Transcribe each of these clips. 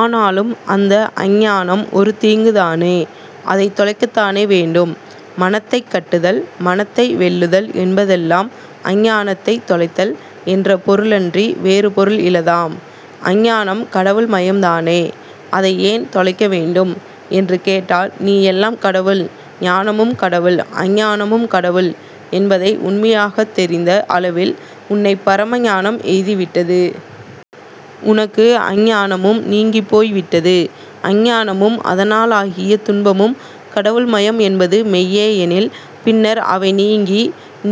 ஆனாலும், அந்த அஞ்ஞானம் ஒரு தீங்குதானே? அதைத் தொலைக்கத்தானே வேண்டும்? மனத்தைக் கட்டுதல், மனத்தை வெல்லுதல் என்பதெல்லாம் அஞ்ஞானத்தைத் தொலைத்தல் என்ற பொருளன்றி வேறு பொருள் இலதாம். அஞ்ஞானம் கடவுள் மயம்தானே? அதை ஏன் தொலைக்க வேண்டும்? என்று கேட்டால், நீ எல்லாம் கடவுள், ஞானமும் கடவுள், அஞ்ஞானமும் கடவுள் என்பதை உண்மையாகத் தெரிந்த அளவில் உன்னைப் பரம ஞானம் எய்திவிட்டது. உனக்கு அஞ்ஞானமும் நீங்கிப் போய்விட்டது. அஞ்ஞானமும் அதனாலாகிய துன்பமும் கடவுள் மயம் என்பது மெய்யே எனில் பின்னர் அவை நீங்கி,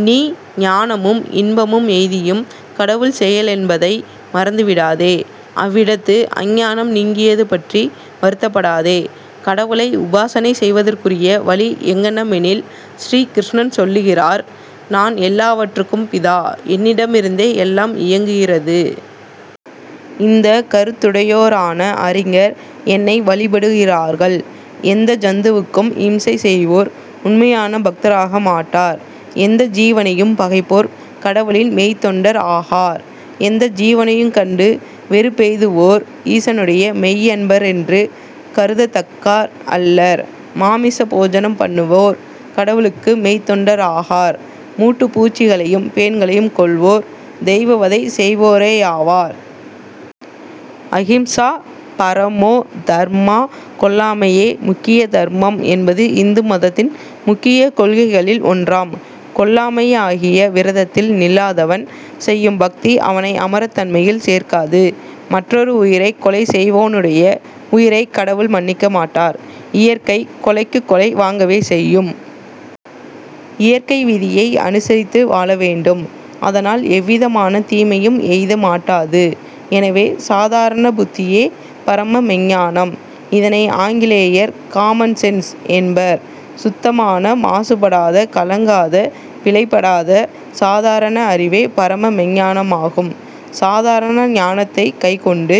நீ ஞானமும் இன்பமும் எய்தியும் கடவுள் செயலென்பதை மறந்து விடாதே. அவ்விடத்து அஞ்ஞானம் நீங்கியது பற்றி வருத்தப் படாதே. கடவுளை உபாசனை செய்வதற்குரிய வழி எங்ஙனமெனில், ஸ்ரீ கிருஷ்ணன் சொல்லுகிறார், நான் எல்லாவற்றுக்கும் பிதா, என்னிடமிருந்தே எல்லாம் இயங்குகிறது. இந்தக் கருத்துடையோரான அறிஞர் என்னை வழிபடுகிறார்கள். எந்த ஜந்துவுக்கும் இம்சை செய்வோர் உண்மையான பக்தராக மாட்டார். எந்த ஜீவனையும் பகைப்போர் கடவுளின் மெய்த்தொண்டர் ஆகார். எந்த ஜீவனையுங் கண்டு வெறுப்பெய்துவோர் ஈசனுடைய மெய்யன்பரென்று கருதத்தக்கார் அல்லர். மாமிச போஜனம் பண்ணுவோர் கடவுளுக்கு மெய்த்தொண்டராகார். மூட்டுப் பூச்சிகளையும் பேன்களையும் கொல்வோர் தெய்வ வதை செய்வோரேயாவார். அகிம்சா பரமோ தர்மா, கொல்லாமையே முக்கிய தர்மம் என்பது இந்து மதத்தின் முக்கியக் கொள்கைகளில் ஒன்றாம். கொல்லாமையாகிய விரதத்தில் நில்லாதவன் செய்யும் பக்தி அவனை அமரத் தன்மையில் சேர்க்காது. மற்றொரு உயிரைக் கொலை செய்வோனுடைய உயிரைக் கடவுள் மன்னிக்க மாட்டார். இயற்கை கொலைக்குக் கொலை வாங்கவே செய்யும். இயற்கை விதியை அனுசரித்து வாழ வேண்டும். அதனால் எவ்விதமான தீமையும் எய்த மாட்டாது. எனவே, சாதாரண புத்தியே பரம மெய்ஞ்ஞானம். இதனை ஆங்கிலேயர் காமன் சென்ஸ் என்பர். சுத்தமான மாசு படாத, கலங்காத, பிழை படாத சாதாரண அறிவே பரம மெய்ஞ்ஞானமாகும். சாதாரண ஞானத்தைக் கைக்கொண்டு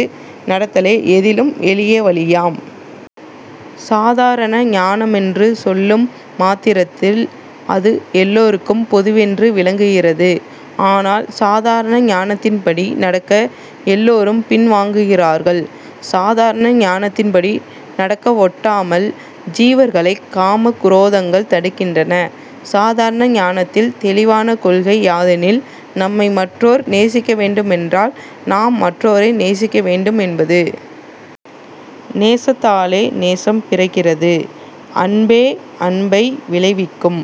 நடத்தலே எதிலும் எளிய வழியாம். சாதாரண ஞானமென்று சொல்லும் மாத்திரத்தில் அது எல்லாருக்கும் பொதுவென்று விளங்குகிறது. ஆனால் சாதாரண ஞானத்தின்படி நடக்க எல்லாரும் பின் வாங்குகிறார்கள். சாதாரண ஞானத்தின்படி நடக்கவொட்டாமல் ஜீவர்களைக் காமக் குரோதங்கள் தடுக்கின்றன. சாதாரண ஞானத்தில் தெளிவான கொள்கை யாதெனில், நம்மை மற்றோர் நேசிக்க வேண்டுமென்றால், நாம் மற்றோரை நேசிக்க வேண்டும் என்பது. நேசத்தாலே நேசம் பிறக்கிறது. அன்பே அன்பை விளைவிக்கும்.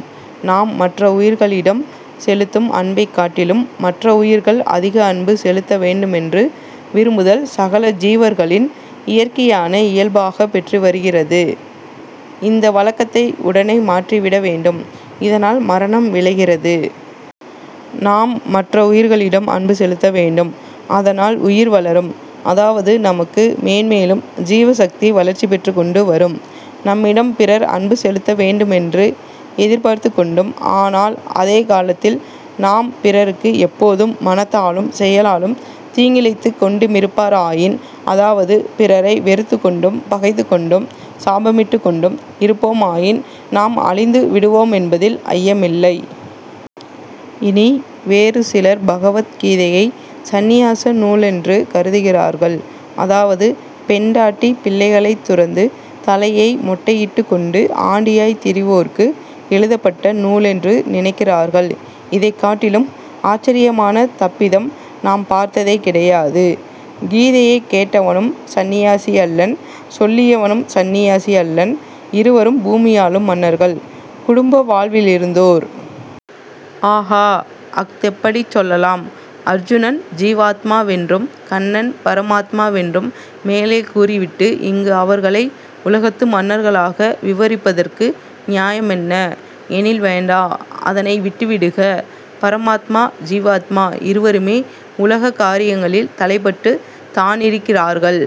நாம் மற்ற உயிர்களிடம் செலுத்தும் அன்பைக் காட்டிலும் மற்ற உயிர்கள் அதிக அன்பு செலுத்த வேண்டுமென்று விரும்புதல் சகல ஜீவர்களின் இயற்கையான இயல்பாகப் பெற்று வருகிறது. இந்த வழக்கத்தை உடனே மாற்றிவிட வேண்டும். இதனால் மரணம் விளைகிறது. நாம் மற்ற உயிர்களிடம் அன்பு செலுத்த வேண்டும். அதனால் உயிர் வளரும், அதாவது நமக்கு மேன்மேலும் ஜீவசக்தி வளர்ச்சி பெற்றுக் கொண்டு வரும். நம்மிடம் பிறர் அன்பு செலுத்த வேண்டுமென்று எதிர்பார்த்துக் கொண்டும், ஆனால் அதே காலத்தில் நாம் பிறருக்கு எப்போதும் மனத்தாலும் செயலாலும் தீங்கிழைத்துக் கொண்டுமிருப்பாராயின், அதாவது பிறரை வெறுத்துக்கொண்டும், பகைத்துக் கொண்டும், சாபமிட்டுக் கொண்டும் இருப்போமாயின் நாம் அழிந்து விடுவோமென்பதில் ஐயமில்லை. இனி, வேறு சிலர் பகவத் கீதையை சந்நியாச நூலென்று கருதுகிறார்கள். அதாவது பெண்டாட்டி பிள்ளைகளைத் துறந்து, தலையை மொட்டையிட்டுக் கொண்டு ஆண்டியாய்த் திரிவோருக்கு எழுதப்பட்ட நூலென்று நினைக்கிறார்கள். இதைக் காட்டிலும் ஆச்சரியமான தப்பிதம் நாம் பார்த்ததே கிடையாது. கீதையைக் கேட்டவனும் சந்நியாசியல்லன், சொல்லியவனும் சந்நியாசியல்லன். இருவரும் பூமியாளும் மன்னர்கள், குடும்ப வாழ்விலிருந்தோர். ஆகா! அஃதெப்படிச் சொல்லலாம்? அர்ஜுனன் ஜீவாத்மாவென்றும், கண்ணன் பரமாத்மா வென்றும் மேலே கூறிவிட்டு, இங்கு அவர்களை உலகத்து மன்னர்களாக விவரிப்பதற்கு நியாயமென்ன? எனில் வேண்டா, அதனை விட்டுவிடுக. பரமாத்மா ஜீவாத்மா இருவருமே உலக காரியங்களில் தளைப்பட்டுத் தானிருக்கிறார்கள்.